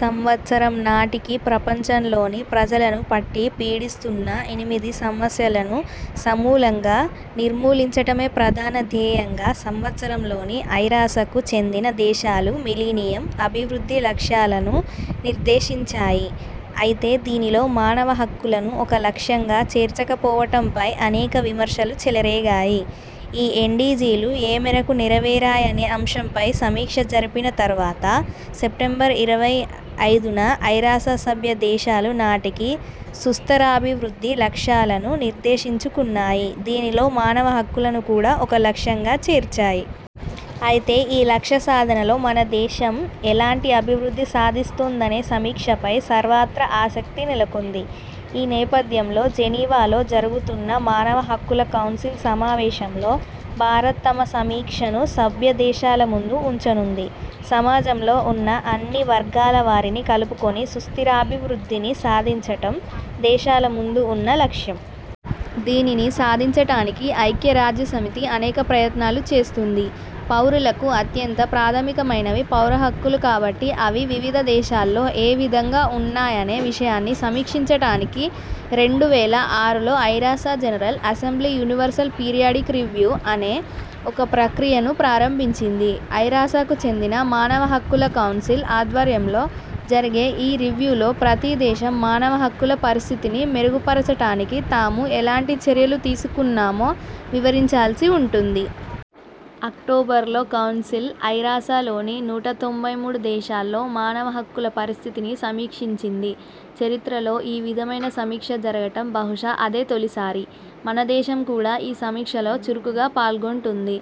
సంవత్సరం నాటికి ప్రపంచం లోని ప్రజలను పట్టి పీడిస్తున్న ఎనిమిది సమస్యలను సమూలంగా నిర్మూలించటమే ప్రధాన ధ్యేయంగా సంవత్సరంలో ఐరాసకు చెందిన దేశాలు మిలీనియం అభివృద్ధి లక్ష్యాలనులను నిర్దేశించాయి. అయితే దీనిలో మానవ హక్కులను ఒక లక్ష్యంగా చేర్చక పోవటంపై అనేక విమర్శలు చెలరేగాయి. ఈ ఎండీజీలు ఏ మేరకు నెర వేరాయనే అంశంపై సమీక్ష జరిపిన తర్వాత, సెప్టెంబర్ ఇరవై ఐదున ఐరాస సభ్య దేశాలు నాటికి సుస్థరాభివృద్ధి లక్ష్యాలను నిర్దేశించుకున్నాయి దీనిలో మానవ హక్కులను కూడా ఒక లక్ష్యంగా చేర్చాయి. అయితే ఈ లక్ష్య సాధనలో మన దేశం ఎలాంటి అభివృద్ధి సాధిస్తోందనే సమీక్షపై సర్వత్రా ఆసక్తి నెలకొంది. ఈ నేపథ్యంలో జనీవాలో జరుగుతున్న మానవ హక్కుల కౌన్సిల్ సమావేశంలో భారత్ తమ సమీక్షను సభ్య దేశాల ముందు ఉంచనుంది. సమాజంలో ఉన్న అన్ని వర్గాల వారిని కలుపుకొని సుస్థిరాభివృద్ధిని సాధించటం దేశాల ముందు ఉన్న లక్ష్యం. దీనిని సాధించటానికి ఐక్యరాజ్య సమితి అనేక ప్రయత్నాలు చేస్తోంది. పౌరులకు అత్యంత ప్రాథమికమైనవి పౌర హక్కులు కాబట్టి అవి వివిధ దేశాల్లో ఏ విధంగా ఉన్నాయనే విషయాన్ని సమీక్షించటానికి రెండు వేల ఆరులో ఐరాస general assembly universal periodic review అనే ఒక ప్రక్రియను ప్రారంభించింది ఐరాసకు చెందిన మానవహక్కుల కౌన్సిల్ ఆధ్వర్యంలో జరిగే ఈ రివ్యూలో ప్రతి దేశం మానవ హక్కుల పరిస్థితిని మెరుగుపరచటానికి తాము ఎలాంటి చర్యలు తీసుకున్నామో వివరించాల్సి ఉంటుంది. అక్టోబర్లో కౌన్సిల్ ఐరాసలోని నూట తొంభై మూడు దేశాల్లోని మానవ హక్కుల పరిస్థితిని సమీక్షించింది చరిత్రలో ఈ విధమైన సమీక్ష జరగటం బహుశా అదే తొలిసారి. మన దేశం కూడా ఈ సమీక్షల్లో చురుకుగా పాల్గొంటోంది.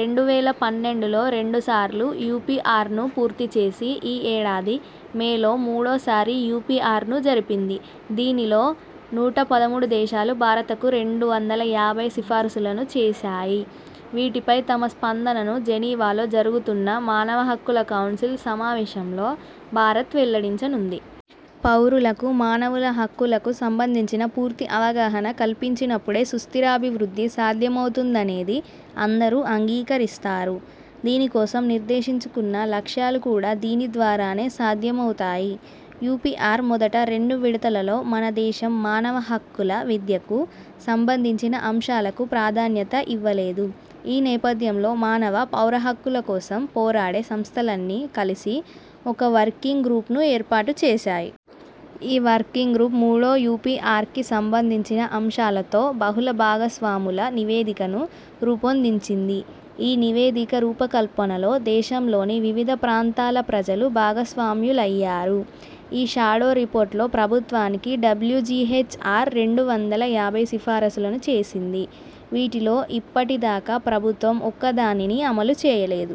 రెండు వేల పన్నెండులలో రెండు సార్లు యూపీఆర్ను పూర్తి చేసి ఈ ఏడాది మేలో మూడో సారి యూపీఆర్ను జరిపింది దీనిలో నూట పదమూడు దేశాలు భారత్కు రెండు వందల యాభై సిఫార్సులను చేశాయి వీటిపై తమ స్పందనను జనీవాలో జరుగుతున్న మానవ హక్కుల కౌన్సిల్ సమావేశంలో భారత్ వెల్లడించనుంది. పౌరులకు మానవుల హక్కులకు సంబంధించిన పూర్తి అవగాహన కల్పించినప్పుడే సుస్థిరాభివృద్ధి సాధ్యమవుతుందనేది అందరూ అంగీకరిస్తారు. దీని కోసం నిర్దేశించుకున్న లక్ష్యాలు కూడా దీని ద్వారానే సాధ్యమవుతాయి. యూపీఆర్ మొదటి, రెండు విడతలలో మన దేశం మానవ హక్కుల విద్యకు సంబంధించిన అంశాలకు ప్రాధాన్యత ఇవ్వలేదు. ఈ నేపథ్యంలో మానవ, పౌర హక్కుల కోసం పోరాడే సంస్థలన్నీ కలిసి ఒక వర్కింగ్ గ్రూప్ను ఏర్పాటుచేశాయి. ఈ వర్కింగ్ గ్రూప్ మూడో యూపీఆర్కి సంబంధించిన అంశాలతో బహుళ భాగస్వాముల నివేదిక ను రూపొందించింది. ఈ నివేదిక రూపకల్పనలో దేశంలోని వివిధ ప్రాంతాల ప్రజలు భాగస్వామ్యులయ్యారు. ఈ షాడో రిపోర్ట్లో ప్రభుత్వానికి డబ్ల్యుజీహెచ్ఆర్ రెండు వందల యాభై సిఫార్సులను చేసింది. వీటిలో ఇప్పటిదాకా ప్రభుత్వం ఒక్క దానినీ అమలు చేయలేదు.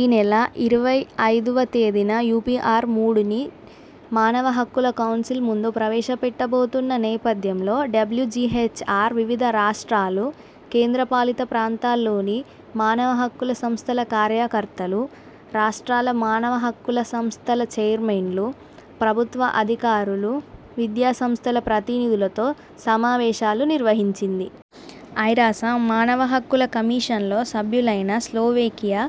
ఈ నెల ఇరవై ఐదువ తేదీన యూపీఆర్ మూడుని మానవ హక్కుల కౌన్సిల్ ముందు ప్రవేశపెట్టబోతున్న నేపథ్యంలో డబ్ల్యుజీహెచ్ఆర్ వివిధ రాష్ట్రాలు, కేంద్ర పాలిత ప్రాంతాల్లోని మానవ హక్కుల సంస్థల కార్యకర్తలు, రాష్ట్రాల మానవ హక్కుల సంస్థల ఛైర్మన్లు, ప్రభుత్వ అధికారులు, విద్యా సంస్థల ప్రతినిధులతో సమావేశాలు నిర్వహించింది. ఐరాస మానవ హక్కుల కమిషన్లో సభ్యులైన స్లోవేకియా,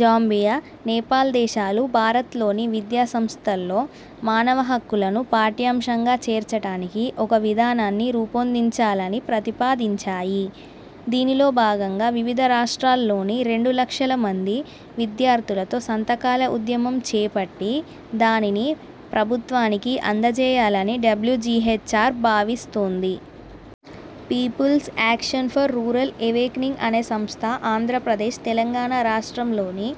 జాంబియా, నేపాల్ దేశాలు భారత్లోని విద్యా సంస్థల్లో మానవ హక్కులను పాఠ్యాంశంగా చేర్చటానికి ఒక విధానాన్ని రూపొందించాలని ప్రతిపాదించాయి. దీనిలో భాగంగా వివిధ రాష్ట్రాల్లోని రెండు లక్షల మంది విద్యార్థులతో సంతకాల ఉద్యమం చేపట్టి దానిని ప్రభుత్వానికి అందచేయాలని డబ్లుజీహెచ్ఆర్ భావిస్తోంది. People's action for rural awakening అనే సంస్థ ఆంధ్రప్రదేశ్, తెలంగాణ రాష్ట్రాలోని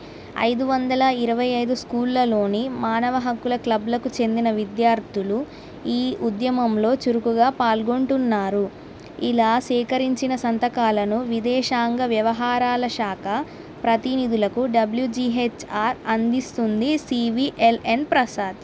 ఐదు వందల ఇరవై ఐదు స్కూళ్లలోని మానవ హక్కుల క్లబ్లకు చెందిన విద్యార్థులు ఈ ఉద్యమంలో చురుకుగా పాల్గొంటున్నారు. ఇలా సేకరించిన సంతకాలను విదేశాంగ వ్యవహారాల శాఖ ప్రతినిధులకు డబ్ల్యుజీహెచ్ఆర్ అందిస్తుంది. C. V. L. N. Prasad